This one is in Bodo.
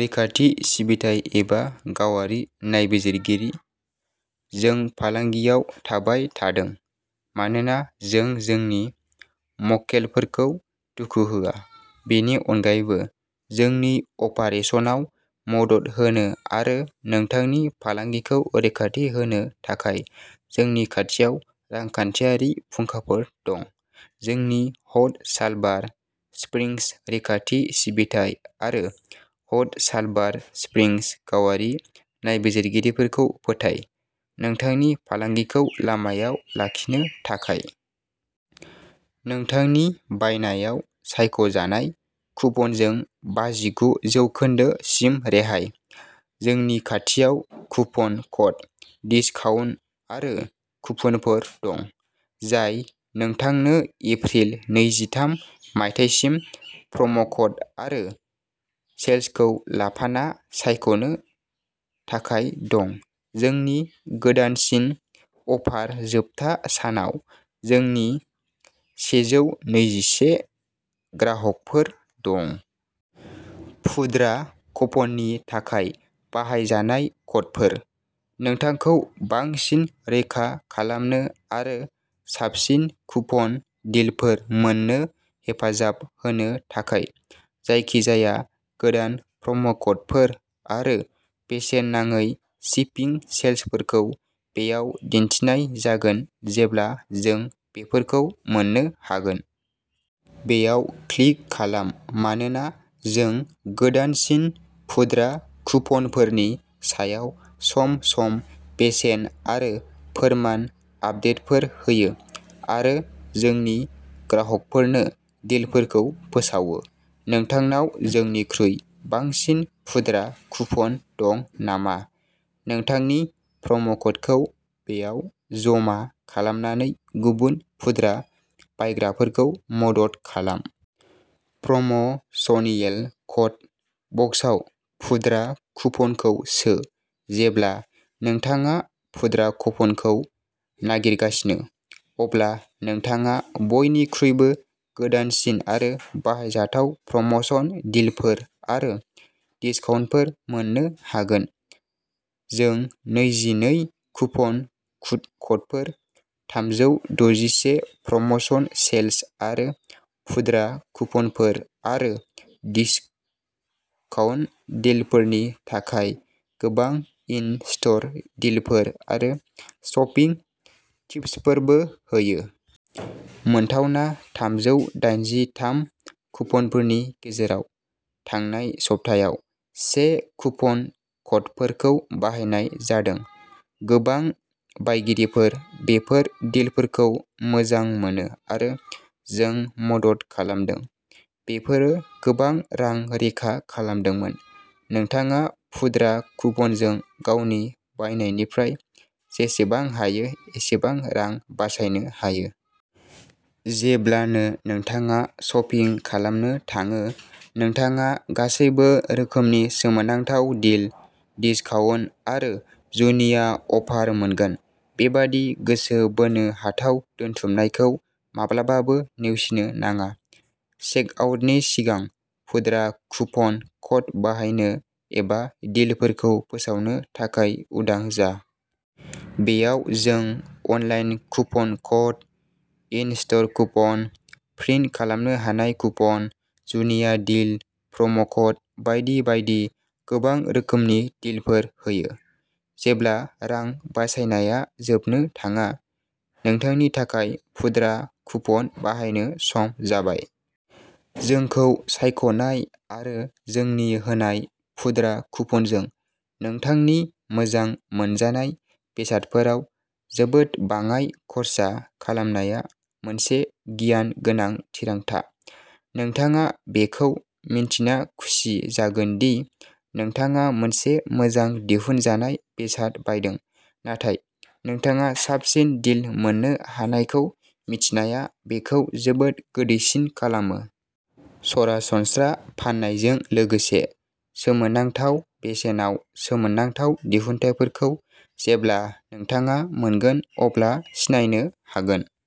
रैखाथि सिबिथाइ एबा गावारि नायबिजिरगिरि? जों फालांगियाव थाबाय थादों, मानोना जों जोंनि मक्केलफोरखौ दुखु होआ। बेनि अनगायैबो, जोंनि अपारेसनाव मदद होनो आरो नोंथांनि फालांगिखौ रैखाथि होनो थाखाय जोंनि खाथियाव रांखान्थियारि फुंखाफोर दं। जोंनि हट सालबार स्प्रिंग्स रैखाथि सिबिथाइ आरो हट सालबार स्प्रिंग्स गावारि नायबिजिरगिरिखौ फोथाय, नोंथांनि फालांगिखौ लामायाव लाखिनो थाखाय। नोंथांनि बायनायाव सायख' जानाय कुपनजों बाजिगु जौखोन्दो सिम रेहाय जोंनि खाथियाव कुपन क'ड, दिसकाउन्ट आरो कुपनफोर दं, जाय नोंथांनो एप्रिल नैजि थाम, मायथाइसिम प्रम'क'ड आरो सेल्सखौ लाफाना सायख'नो थाखाय दं। जोंनि गोदानसिन अफार जोबथा सानाव, जोंनि सेजौ नैजि से ग्राहकफोर दं। पुद्रा कुपननि थाखाय बाहायजानाय क'डफोर। नोंथांखौ बांसिन रैखा खालामनो आरो साबसिन कुपन डिलफोर मोन्नो हेफाजाब होनो थाखाय, जायखिजाया गोदान प्रम'क'डफोर आरो बेसेन नाङै शिपिं सेल्सफोरखौ बेयाव दिन्थिनाय जागोन जेब्ला जों बेफोरखौ मोन्नो हागोन। बेयाव क्लिक खालाम मानोना जों गोदानसिन पुद्रा कुपनफोरनि सायाव सम सम बेसेन आरो फोरमान आपदेटफोर होयो आरो जोंनि ग्राहकफोरनो डिलफोरखौ फोसावो। नोंथांनाव जोंनिख्रुइ बांसिन पुद्रा कुपन दं नामा? नोंथांनि प्रम'क'डखौ बेयाव जमा खालामनानै गुबुन पुद्रा बायग्राफोरखौ मदद खालाम। प्रम'शनियेल क'ड बक्सआव पुद्रा कुपनखौ सो। जेब्ला नोंथाङा पुद्रा कुपनखौ नागिरगासिनो, अब्ला नोंथाङा बयनिख्रुइबो गोदानसिन आरो बाहायजाथाव प्रम'शन डिलफोर आरो डिस्काउन्टफोर मोन्नो हागोन। जों नैजि नै कुपन क'डफोर, थामजौ द'जि से प्रम'शन सेल्स आरो पुद्रा कुपनफोर आरो डिस्काउन्ट डिलफोरनि थाखाय गोबां इन स्ट'र डिलफोर आरो शपिं टिप्सफोरबो होयो। मोनथावना थामजौ दाइनजि थाम कुपनफोरनि गेजेराव, थांनाय सप्तायाव से कुपन क'डफोरखौ बाहायनाय जादों। गोबां बायगिरिफोर बेफोर डिलफोरखौ मोजां मोनो आरो जों मदद खालामदों। बेफोरो गोबां रां रैखा खालामदोंमोन। नोंथाङा पुद्रा कुपनजों गावनि बायनायनिफ्राय जेसेबां हायो एसेबां रां बासायनो हायो। जेब्लानो नोंथाङा शपिं खालामनो थाङो, नोंथाङा गासैबो रोखोमनि सोमोनांथाव डिल, डिस्काउन्ट आरो जुनिया अफार मोनगोन। बेबादि गोसो बोनो हाथाव दोनथुमनायखौ माब्लाबाबो नेवसिनो नाङा। चेकआउटनि सिगां पुद्रा कुपन क'ड बाहायनो एबा डिलफोरखौ फोसावनो थाखाय उदां जा। बेयाव जों online coupon code, in store coupon, print खालामनो हानाय कुपन, जुनिया डिल, प्रम'क'ड बायदि बायदि गोबां रोखोमनि डिलफोर होयो। जेब्ला रां बासायनाया जोबनो थाङा नोंथांनि थाखाय पुद्रा कुपन बाहायनो सम जाबाय। जोंखौ सायख'नाय आरो जोंनि होनाय पुद्रा कुपनजों नोंथांनि मोजां मोनजानाय बेसादफोराव जोबोद बाङाय खर्सा खालामनाया मोनसे गियान गोनां थिरांथा। नोंथाङा बेखौ मिन्थिना खुसि जागोन दि नोंथाङा मोनसे मोजां दिहुनजानाय बेसाद बायदों, नाथाय नोंथाङा साबसिन डिल मोननो हानायखौ मिथिनाया बेखौ जोबोद गोदैसिन खालामो। सरासनस्रा फान्नायजों लोगोसे, सोमोनांथाव बेसेनाव सोमोनांथाव दिहुनथायफोरखौ जेब्ला नोंथाङा मोनगोन अब्ला सिनायनो हागोन।